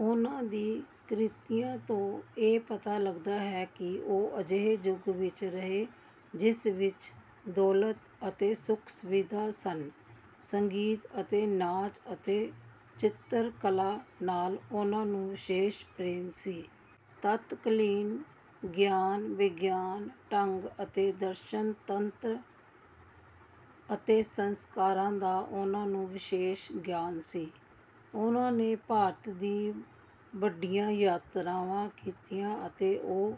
ਉਨ੍ਹਾਂ ਦੀ ਕ੍ਰਿਤੀਆਂ ਤੋਂ ਇਹ ਪਤਾ ਲੱਗਦਾ ਹੈ ਕਿ ਉਹ ਅਜਿਹੇ ਯੁੱਗ ਵਿੱਚ ਰਹੇ ਜਿਸ ਵਿੱਚ ਦੌਲਤ ਅਤੇ ਸੁਖ ਸੁਵਿਧਾਵਾਂ ਸਨ। ਸੰਗੀਤ ਅਤੇ ਨਾਚ ਅਤੇ ਚਿੱਤਰ ਕਲਾ ਨਾਲ ਉਨ੍ਹਾਂ ਨੂੰ ਵਿਸ਼ੇਸ਼ ਪ੍ਰੇਮ ਸੀ। ਤਤਕਾਲੀਨ ਗਿਆਨ ਵਿਗਿਆਨ ਢੰਗ ਅਤੇ ਦਰਸ਼ਨ ਤੰਤਰ ਅਤੇ ਸੰਸਕਾਰਾਂ ਦਾ ਉਨ੍ਹਾਂ ਨੂੰ ਵਿਸ਼ੇਸ਼ ਗਿਆਨ ਸੀ। ਉਨ੍ਹਾਂ ਨੇ ਭਾਰਤ ਦੀ ਵੱਡੀਆਂ ਯਾਤਰਾਵਾਂ ਕੀਤੀਆਂ ਅਤੇ ਉਹ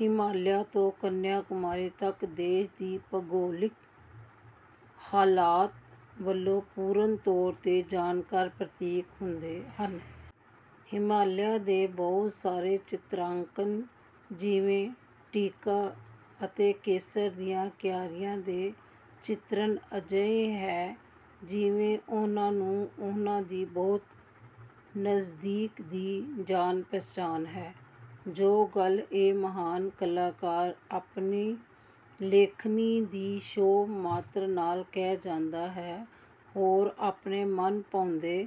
ਹਿਮਾਲਾ ਤੋਂ ਕੰਨਿਆਕੁਮਾਰੀ ਤੱਕ ਦੇਸ਼ ਦੀ ਭੂਗੋਲਿਕ ਹਾਲਤ ਵਲੋਂ ਪੂਰਨ ਤੌਰ ਤੇ ਜਾਣਕਾਰ ਪ੍ਰਤੀਤ ਹੁੰਦੇ ਹਨ। ਹਿਮਾਲਾ ਦੇ ਬਹੁਤ ਸਾਰੇ ਚਿਤਰਾਂਕਨ ਜਿਵੇਂ ਟੀਕਾ ਅਤੇ ਕੇਸਰ ਦੀਆਂ ਕਿਆਰੀਆਂ ਦੇ ਚਿਤਰਣ ਅਜਿਹੇ ਹੈ ਜਿਵੇਂ ਉਨ੍ਹਾਂ ਨੂੰ ਉਨ੍ਹਾਂ ਦੀ ਬਹੁਤ ਨਜ਼ਦੀਕ ਦੀ ਜਾਣ ਪਹਿਚਾਣ ਹੈ। ਜੋ ਗੱਲ ਇਹ ਮਹਾਨ ਕਲਾਕਾਰ ਆਪਣੀ ਲੇਖਣੀ ਦੀ ਛੋਹ ਮਾਤਰ ਨਾਲ ਕਹਿ ਜਾਂਦਾ ਹੈ ਹੋਰ ਆਪਣੇ ਮਨਭਾਉਂਦੇ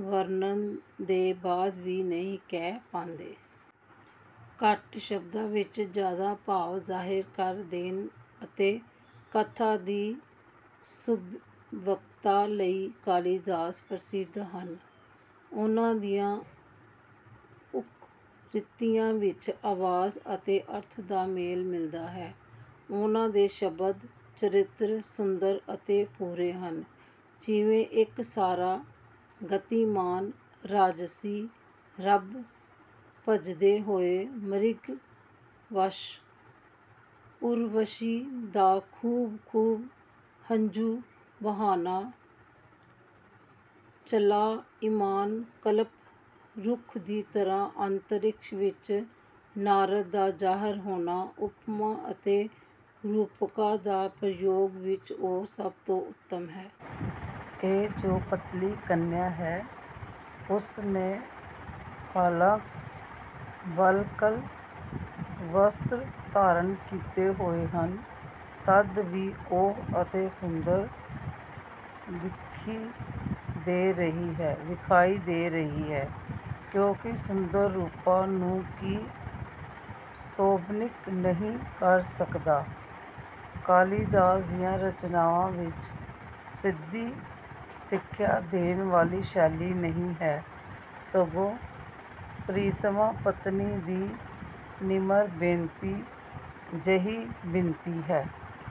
ਵਰਣਨ ਦੇ ਬਾਅਦ ਵੀ ਨਹੀਂ ਕਹਿ ਪਾਂਦੇ। ਘੱਟ ਸ਼ਬਦਾਂ ਵਿੱਚ ਜਿਆਦਾ ਭਾਵ ਜ਼ਾਹਰ ਕਰ ਦੇਣ ਅਤੇ ਕਥਨ ਦੀ ਸੁਭਾਵਿਕਤਾ ਲਈ ਕਾਲੀਦਾਸ ਪ੍ਰਸਿੱਧ ਹਨ। ਉਨ੍ਹਾਂ ਦੀਆਂ ਉਕਤੀਆਂ ਵਿੱਚ ਆਵਾਜ ਅਤੇ ਅਰਥ ਦਾ ਮੇਲ ਮਿਲਦਾ ਹੈ। ਉਨ੍ਹਾਂ ਦੇ ਸ਼ਬਦ ਚਿੱਤਰ ਸੁੰਦਰ ਅਤੇ ਪੂਰੇ ਹਨ ਜਿਵੇਂ ਇੱਕ ਸਾਰਾ ਗਤੀਮਾਨ ਰਾਜਸੀ ਰੱਥ ਭੱਜਦੇ ਹੋਏ ਮਿਰਗ ਸ਼ਾਵਕ ਉਰਵਸ਼ੀ ਦਾ ਖੂਬ ਖੂਬ ਹੰਝੂ ਬਹਾਉਣਾ ਚਲਾਇਮਾਨ ਕਲਪ ਰੁੱਖ ਦੀ ਤਰ੍ਹਾਂ ਅੰਤਰਿਕਸ਼ ਵਿੱਚ ਨਾਰਦ ਦਾ ਜ਼ਾਹਰ ਹੋਣਾ ਉਪਮਾ ਅਤੇ ਰੂਪਕਾਂ ਦਾ ਪ੍ਰਯੋਗ ਵਿੱਚ ਉਹ ਸਭ ਤੋਂ ਉੱਤਮ ਹੈ। ਇਹ ਜੋ ਪਤਲੀ ਕੰਨਿਆ ਹੈ ਉਸਨੇ ਹਾਲਾ ਵਲਕਲ ਬਸਤਰ ਧਾਰਨ ਕੀਤੇ ਹੋਏ ਹਨ ਤਦ ਵੀ ਉਹ ਅਤੇ ਸੁੰਦਰ ਵਿਖਾਈ ਦੇ ਰਹੀ ਹੈ। ਕਿਉਂਕਿ ਸੁੰਦਰ ਰੂਪਾਂ ਨੂੰ ਕੀ ਸੋਭਨੀਕ ਨਹੀਂ ਕਰ ਸਕਦਾ। ਕਾਲੀਦਾਸ ਦੀਆਂ ਰਚਨਾਵਾਂ ਵਿੱਚ ਸਿੱਧੀ ਸਿੱਖਿਆ ਦੇਣ ਵਾਲੀ ਸ਼ੈਲੀ ਨਹੀਂ ਹੈ ਸਗੋਂ ਪ੍ਰੀਤਮਾ ਪਤਨੀ ਦੀ ਨਿਮਰ ਬੇਨਤੀ ਜਿਹੀ ਬਿਨਤੀ ਹੈ।